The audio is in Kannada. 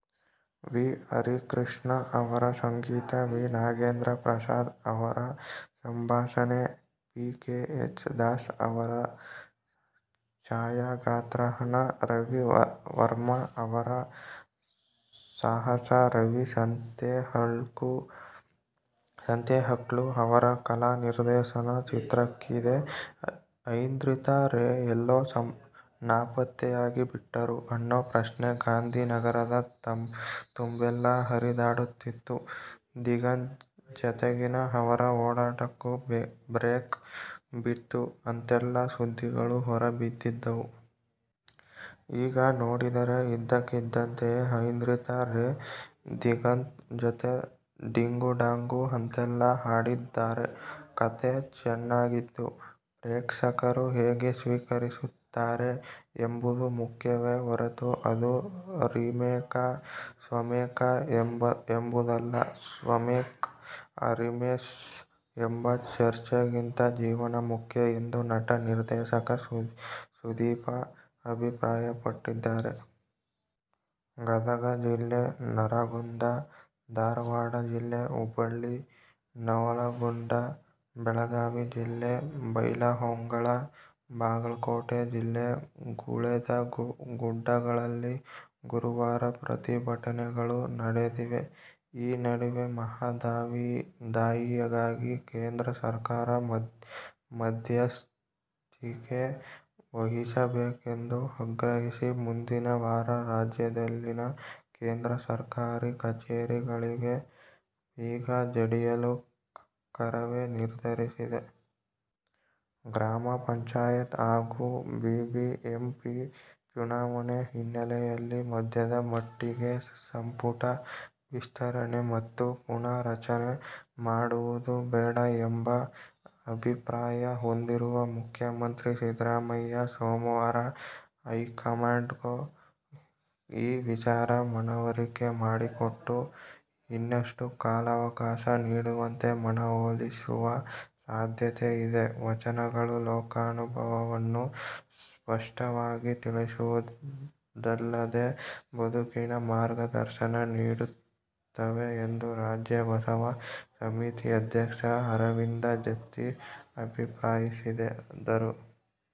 ವಿ. ಹರಿಕೃಷ್ಣ ಅವರ ಸಂಗೀತ, ವಿ. ನಾಗೇಂದ್ರ ಪ್ರಸಾದ್ ಅವರ ಸಂಭಾಷಣೆ, ಪಿಕೆಎಚ್ ದಾಸ್ ಅವರ ಛಾಯಾಗ್ರಹಣ, ರವಿ ವರ್ಮ ಅವರ ಸಾಹಸ, ರವಿ ಸಂತೆಹಕ್ಲು ಅವರ ಕಲಾ ನಿರ್ದೇಶನ ಚಿತ್ರಕ್ಕಿದೆ. ಐಂದ್ರಿತಾ ರೇ ಎಲ್ಲೋ ನಾಪತ್ತೆಯಾಗಿಬಿಟ್ಟರು ಅನ್ನೋ ಪ್ರಶ್ನೆ ಗಾಂಧಿನಗರದ ತುಂಬೆಲ್ಲಾ ಹರಿದಾಡುತ್ತಿತ್ತು. ದಿಗಂತ್ ಜತೆಗಿನ ಅವರ ಓಡಾಟಕ್ಕೂ ಬ್ರೇಕ್ ಬಿತ್ತು ಅಂತೆಲ್ಲಾ ಸುದ್ದಿಗಳು ಹೊರಬಿದ್ದಿದ್ದವು. ಈಗ ನೋಡಿದರೆ ಇದ್ದಕ್ಕಿದ್ದಂತೆಯೇ ಐಂದ್ರಿತಾ ರೇ, ದಿಗಂತ್ ಜತೆ ಡಿಂಗುಡಾಂಗು ಅಂತೆಲ್ಲಾ ಹಾಡಿದ್ದಾರೆ! ಕಥೆ ಚೆನ್ನಾಗಿದ್ದು, ಪ್ರೇಕ್ಷಕರು ಹೇಗೆ ಸ್ವೀಕರಿಸುತ್ತಾರೆ ಎಂಬುದು ಮುಖ್ಯವೇ ಹೊರತು ಅದು ರಿಮೇಕಾ, ಸ್ವಮೇಕಾ ಎಂಬುದಲ್ಲ. ಸ್ವಮೇಕ್, ರಿಮೇಕ್ ಎಂಬ ಚರ್ಚೆಗಿಂತ ಜೀವನ ಮುಖ್ಯ ಎಂದು ನಟ, ನಿರ್ದೇಶಕ ಸುದೀಪ ಅಭಿಪ್ರಾಯಪಟ್ಟಿದ್ದಾರೆ. ಗದಗ ಜಿಲ್ಲೆ ನರಗುಂದ, ಧಾರವಾಡ ಜಿಲ್ಲೆ ಹುಬ್ಬಳ್ಳಿ, ನವಲಗುಂದ, ಬೆಳಗಾವಿ ಜಿಲ್ಲೆ ಬೈಲಹೊಂಗಲ, ಬಾಗಲಕೋಟೆ ಜಿಲ್ಲೆ ಗುಳೇದಗುಡ್ಡಗಳಲ್ಲಿ ಗುರುವಾರಪ್ರತಿಭಟನೆಗಳು ನಡೆದಿವೆ. ಈ ನಡುವೆ ಮಹದಾಯಿಗಾಗಿ ಕೇಂದ್ರ ಸರ್ಕಾರ ಮಧ್ಯಸ್ಥಿಕೆ ವಹಿಸಬೇಕೆಂದು ಆಗ್ರಹಿಸಿ ಮುಂದಿನ ವಾರ ರಾಜ್ಯದಲ್ಲಿನ ಕೇಂದ್ರ ಸರ್ಕಾರಿ ಕಚೇರಿಗಳಿಗೆ ಬೀಗ ಜಡಿಯಲು ಕರವೇ ನಿರ್ಧರಿಸಿದೆ. ಗ್ರಾಮ ಪಂಚಾಯತ್ ಹಾಗೂ ಬಿಬಿಎಂಪಿ ಚುನಾವಣೆ ಹಿನ್ನೆಲೆಯಲ್ಲಿ ಸದ್ಯದ ಮಟ್ಟಿಗೆ ಸಂಪುಟ ವಿಸ್ತರಣೆ ಮತ್ತು ಪುನಾ ರಚನೆ ಮಾಡುವುದು ಬೇಡ ಎಂಬ ಅಭಿಪ್ರಾಯ ಹೊಂದಿರುವ ಮುಖ್ಯಮಂತ್ರಿ ಸಿದ್ದರಾಮಯ್ಯ, ಸೋಮವಾರ ಹೈಕಮಾಂಡ್ಗೂ ಈ ವಿಚಾರ ಮನವರಿಕೆ ಮಾಡಿಕೊಟ್ಟು ಇನ್ನಷ್ಟು ಕಾಲಾವಕಾಶ ನೀಡುವಂತೆ ಮನವೊಲಿಸುವ ಸಾಧ್ಯತೆ ಇದೆ. ವಚನಗಳು ಲೋಕಾನುಭವವನ್ನು ಸ್ಪಷ್ಟವಾಗಿ ತಿಳಿಸುವುದಲ್ಲದೆ, ಬದುಕಿನ ಮಾರ್ಗದರ್ಶನ ನೀಡುತ್ತವೆ ಎಂದು ರಾಜ್ಯ ಬಸವ ಸಮಿತಿ ಅಧ್ಯಕ್ಷ ಅರವಿಂದ ಜತ್ತಿ ಅಭಿಪ್ರಾಯಿಸಿದರು.